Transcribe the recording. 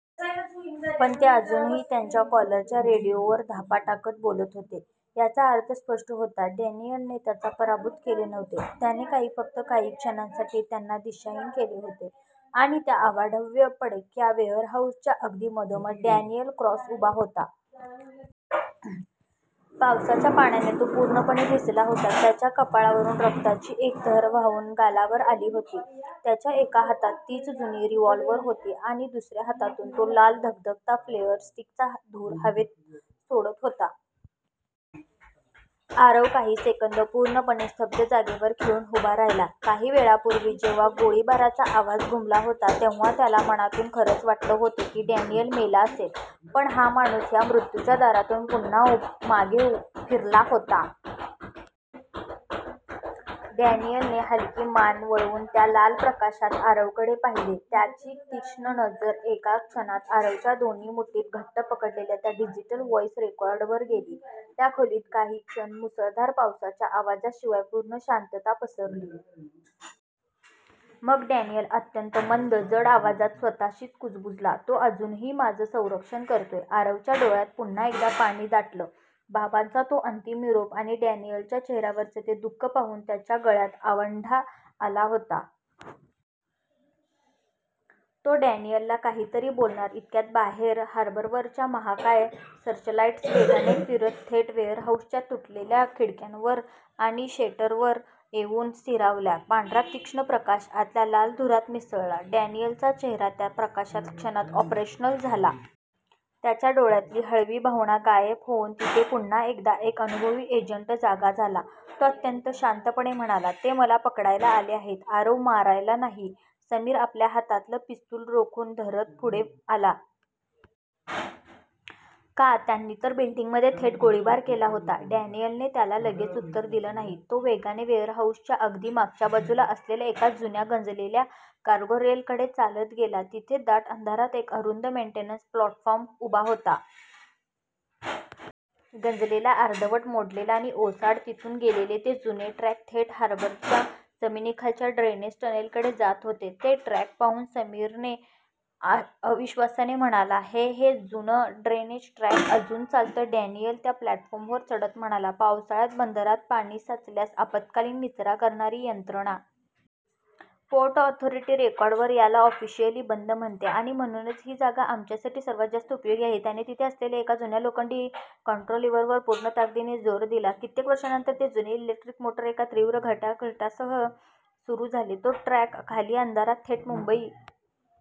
पण ते अजूनही त्यांच्या कॉलरच्या रेडिओवर धापा टाकत बोलत होते. याचा अर्थ स्पष्ट होता, डॅनियलने त्यांचा पराभूत केले नव्हते. त्याने काही फक्त काही क्षणांसाठी त्यांना दिशाहीन केले होते. आणि त्या अवाढव्य, पडक्या वेअरहाऊसच्या अगदी मधोमध, डॅनियल क्रॉस उभा होता. पावसाच्या पाण्याने तो पूर्णपणे भिजला होता. त्याच्या कपाळावरून रक्ताची एक धार वाहून गालावर आली होती. त्याच्या एका हातात तीच जुनी रिव्हॉल्वर होती. आणि दुसऱ्या हातातून तो लाल, धगधगता फ्लेअर स्टिकचा धूर हवेत सोडत होता. आरव काही सेकंद पूर्णपणे स्तब्ध, जागेवर खिळून उभा राहिला. काही वेळापूर्वी जेव्हा गोळीबाराचा आवाज घुमला होता, तेव्हा त्याला मनातून खरंच वाटलं होतं की डॅनियल मेला असेल. पण हा माणूस ह्या मृत्यूच्या दारातून पुन्हा उभा मागे ऊ फिरला होता. डॅनियलने हलकी मान वळवून त्या लाल प्रकाशात आरवकडे पाहिले. त्याची तीक्ष्ण नजर एका क्षणात आरवच्या दोन्ही मुठींत घट्ट पकडलेल्या त्या डिजिटल व्हाईस रेकॉर्डरवर गेली. त्या खोलीत काही क्षण मुसळधार पावसाच्या आवाजाशिवाय पूर्ण शांतता पसरली. मग डॅनियल अत्यंत मंद, जड आवाजात स्वतःशीच कुजबुजला, तो अजूनही, माझं संरक्षण करतोय. आरवच्या डोळ्यांत पुन्हा एकदा पाणी दाटलं. बाबांचा तो अंतिम निरोप आणि डॅनियलच्या चेहऱ्यावरचं ते दुःख पाहून त्याच्या गळ्यात आवंढा आला होता. तो डॅनियलला काहीतरी बोलणार, इतक्यात बाहेर हार्बरवरच्या महाकाय सर्चलाईट्स वेगाने फिरत थेट वेअरहाऊसच्या तुटलेल्या खिडक्यांवर आणि शेटरवर येऊन स्थिरावल्या. पांढरा तीक्ष्ण प्रकाश आतल्या लाल धुरात मिसळला. डॅनियलचा चेहरा त्या प्रकाशात क्षणात 'ऑपरेशनल' झाला. त्याच्या डोळ्यांतली हळवी भावना गायब होऊन तिथे पुन्हा एकदा एक अनुभवी एजंट जागा झाला. तो अत्यंत शांतपणे म्हणाला, ते मला पकडायला आले आहेत, आरव, मारायला नाही. समीर आपल्या हातातलं पिस्तूल रोखून धरत पुढे आला. का? त्यांनी तर बिल्डिंगमध्ये थेट गोळीबार केला होता. डॅनियलने त्याला लगेच उत्तर दिलं नाही. तो वेगाने वेअरहाऊसच्या अगदी मागच्या बाजूला असलेल्या एका जुन्या, गंजलेल्या 'कार्गो रेल' कडे चालत गेला. तिथे दाट अंधारात एक अरुंद मेंटेनन्स प्लॅटफॉर्म उभा होता. गंजलेला, अर्धवट मोडलेला आणि ओसाड. तिथून गेलेले ते जुने ट्रॅक थेट हार्बरच्या जमिनीखालच्या ड्रेनेज टनेलकडे जात होते. ते ट्रॅक पाहून समीरने आ अविश्वासाने म्हणाला, हे हे जुनं ड्रेनेज ट्रॅक अजून चालतं? डॅनियल त्या प्लॅटफॉर्मवर चढत म्हणाला, पावसाळ्यात बंदरात पाणी साचल्यास आपत्कालीन निचरा करणारी यंत्रणा. पोर्ट ऑथॉरिटी रेकॉर्डवर याला ऑफिशियली बंद म्हणते, आणि म्हणूनच ही जागा आमच्यासाठी सर्वात जास्त उपयोगी आहे. " त्याने तिथे असलेल्या एका जुन्या, लोखंडी कंट्रोल लिव्हरवर पूर्ण ताकदीने जोर दिला. कित्येक वर्षांनंतर ते जुने इलेक्ट्रिक मोटर एका तीव्र घटा घटासह सुरू झाले. तो ट्रॅक खाली अंधारात, थेट मुंबई